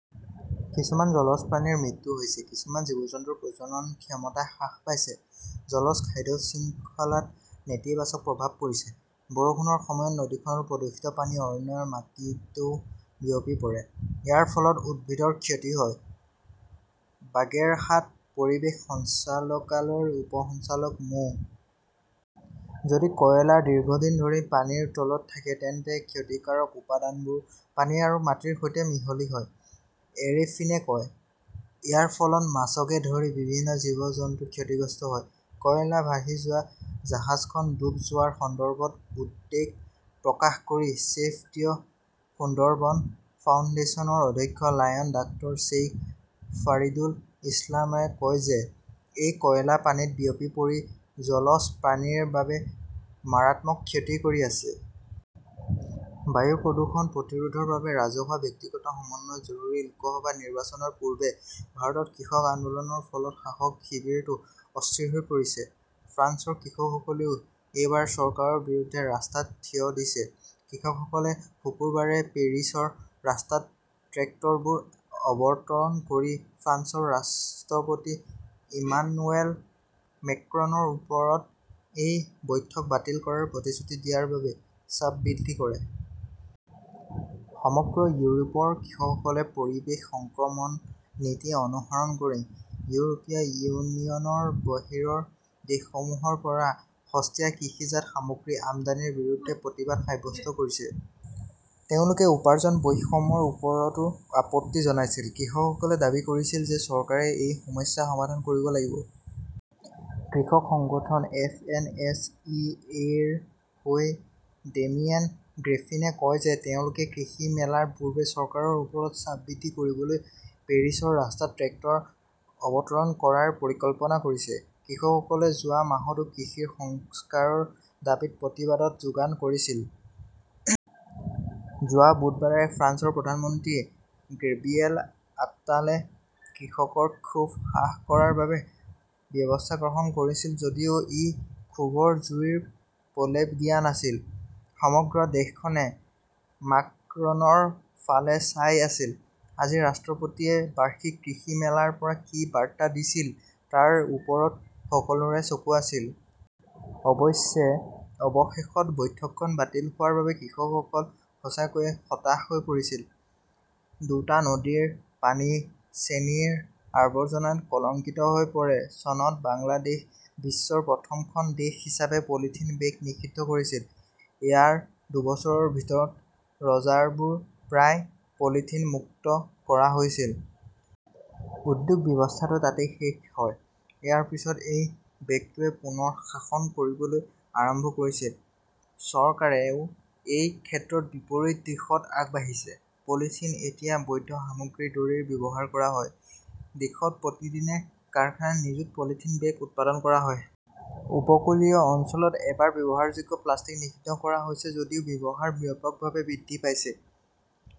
কিছুমান জলজ প্ৰাণীৰ মৃত্যু হৈছে। কিছুমান জীৱ-জন্তুৰ প্ৰজনন ক্ষমতা হ্ৰাস পাইছে। জলজ খাদ্য শৃংখলাত নেতিবাচক প্ৰভাৱ পৰিছে। বৰষুণৰ সময়ত নদীখনৰ প্ৰদূষিত পানী অৰণ্যৰ মাটিতও বিয়পি পৰে। ইয়াৰ ফলত উদ্ভিদৰ ক্ষতি হয়। বাগেৰহাট পৰিৱেশ সঞ্চালকালয়ৰ উপ সঞ্চালক মো. যদি কয়লা দীৰ্ঘদিন ধৰি পানীৰ তলত থাকে তেন্তে ক্ষতিকাৰক উপাদানবোৰ পানী আৰু মাটিৰ সৈতে মিহলি হয়, এৰেফিনে কয়। ইয়াৰ ফলত মাছকে ধৰি বিভিন্ন জীৱ-জন্তু ক্ষতিগ্ৰস্ত হয়। কয়লা ভাহি যোৱা জাহাজখন ডুব যোৱাৰ সন্দৰ্ভত উদ্বেগ প্ৰকাশ কৰি ছেভ দ্য সুন্দৰবন ফাউণ্ডেশ্যনৰ অধ্যক্ষ লায়ন ডাক্তৰ শ্বেইখ ফাৰিদুল ইছলামই কয় যে এই কয়লা পানীত বিয়পি পৰি জলজ প্ৰাণীৰ বাবে মাৰাত্মক ক্ষতি কৰি আছে। বায়ু প্ৰদূষণ প্ৰতিৰোধৰ বাবে ৰাজহুৱা-ব্যক্তিগত সমন্বয় জৰুৰী লোকসভা নিৰ্বাচনৰ পূৰ্বে ভাৰতত কৃষক আন্দোলনৰ ফলত শাসক শিবিৰটো অস্থিৰ হৈ পৰিছে। ফ্ৰান্সৰ কৃষকসকলেও এইবাৰ চৰকাৰৰ বিৰুদ্ধে ৰাস্তাত থিয় দিছে। কৃষকসকলে শুকুৰবাৰে পেৰিছৰ ৰাস্তাত ট্ৰেক্টৰবোৰ অৱতৰণ কৰি ফ্ৰান্সৰ ৰাষ্ট্ৰপতি ইমানুৱেল মেক্ৰনৰ ওপৰত এই বৈঠক বাতিল কৰাৰ প্ৰতিশ্ৰুতি দিয়াৰ বাবে চাপ বৃদ্ধি কৰে। সমগ্ৰ ইউৰোপৰ কৃষকসকলে পৰিৱেশ সংক্ৰমণ নীতি অনুসৰণ কৰি ইউৰোপীয় ইউনিয়নৰ বাহিৰৰ দেশসমূহৰ পৰা সস্তীয়া কৃষিজাত সামগ্ৰী আমদানিৰ বিৰুদ্ধে প্ৰতিবাদ সাব্যস্ত কৰিছে। তেওঁলোকে উপাৰ্জন বৈষম্যৰ ওপৰতো আপত্তি জনাইছিল। কৃষকসকলে দাবী কৰিছিল যে চৰকাৰে এই সমস্যা সমাধান কৰিব লাগিব। কৃষক সংগঠন F N S E A ৰ হৈ ডেমিয়েন গ্ৰেফিনে কয় যে তেওঁলোকে কৃষি মেলাৰ পূৰ্বে চৰকাৰৰ ওপৰত চাপ বৃদ্ধি কৰিবলৈ পেৰিছৰ ৰাস্তাত ট্ৰেক্টৰ অৱতৰণ কৰাৰ পৰিকল্পনা কৰিছে। কৃষকসকলে যোৱা মাহতো কৃষিৰ সংস্কাৰৰ দাবীত প্ৰতিবাদত যোগদান কৰিছিল। যোৱা বুধবাৰে ফ্ৰান্সৰ প্ৰধানমন্ত্ৰী গেব্ৰিয়েল অট্টালে কৃষকৰ ক্ষোভ হ্ৰাস কৰাৰ বাবে ব্যৱস্থা গ্ৰহণ কৰিছিল যদিও ই ক্ষোভৰ জুইৰ প্ৰলেপ দিয়া নাছিল। সমগ্ৰ দেশখনে মাকৰনৰ ফালে চাই আছিল। আজি ৰাষ্ট্ৰপতিয়ে বাৰ্ষিক কৃষি মেলাৰ পৰা কি বাৰ্তা দিছিল তাৰ ওপৰত সকলোৰে চকু আছিল। অৱশ্যে, অৱশেষত বৈঠকখন বাতিল হোৱাৰ বাবে কৃষকসকল সঁচাকৈয়ে হতাশ হৈ পৰিছে। দুটা নদীৰ পানী চেনিৰ আৱৰ্জনাত কলঙ্কিত হৈ পৰে চনত বাংলাদেশ বিশ্বৰ প্ৰথমখন দেশ হিচাপে পলিথিন বেগ নিষিদ্ধ কৰিছিল। ইয়াৰ দুবছৰৰ ভিতৰত বজাৰবোৰ প্ৰায় পলিথিন মুক্ত কৰা হৈছিল। উদ্যোগ, ব্যৱস্থাটো তাতেই শেষ হয়। ইয়াৰ পিছত এই বেগটোৱে পুনৰ শাসন কৰিবলৈ আৰম্ভ কৰিছিল। চৰকাৰেও এই ক্ষেত্ৰত বিপৰীত দিশত আগবাঢ়িছে। পলিথিন এতিয়া বৈধ সামগ্ৰীৰ দৰেই ব্যৱহাৰ কৰা হয়। দেশত প্ৰতিদিনে কাৰখানাত নিযুত পলিথিন বেগ উৎপাদন কৰা হয়। উপকূলীয় অঞ্চলত এবাৰ ব্যৱহাৰযোগ্য প্লাষ্টিক নিষিদ্ধ কৰা হৈছে যদিও ব্যৱহাৰ ব্যাপকভাৱে বৃদ্ধি পাইছে।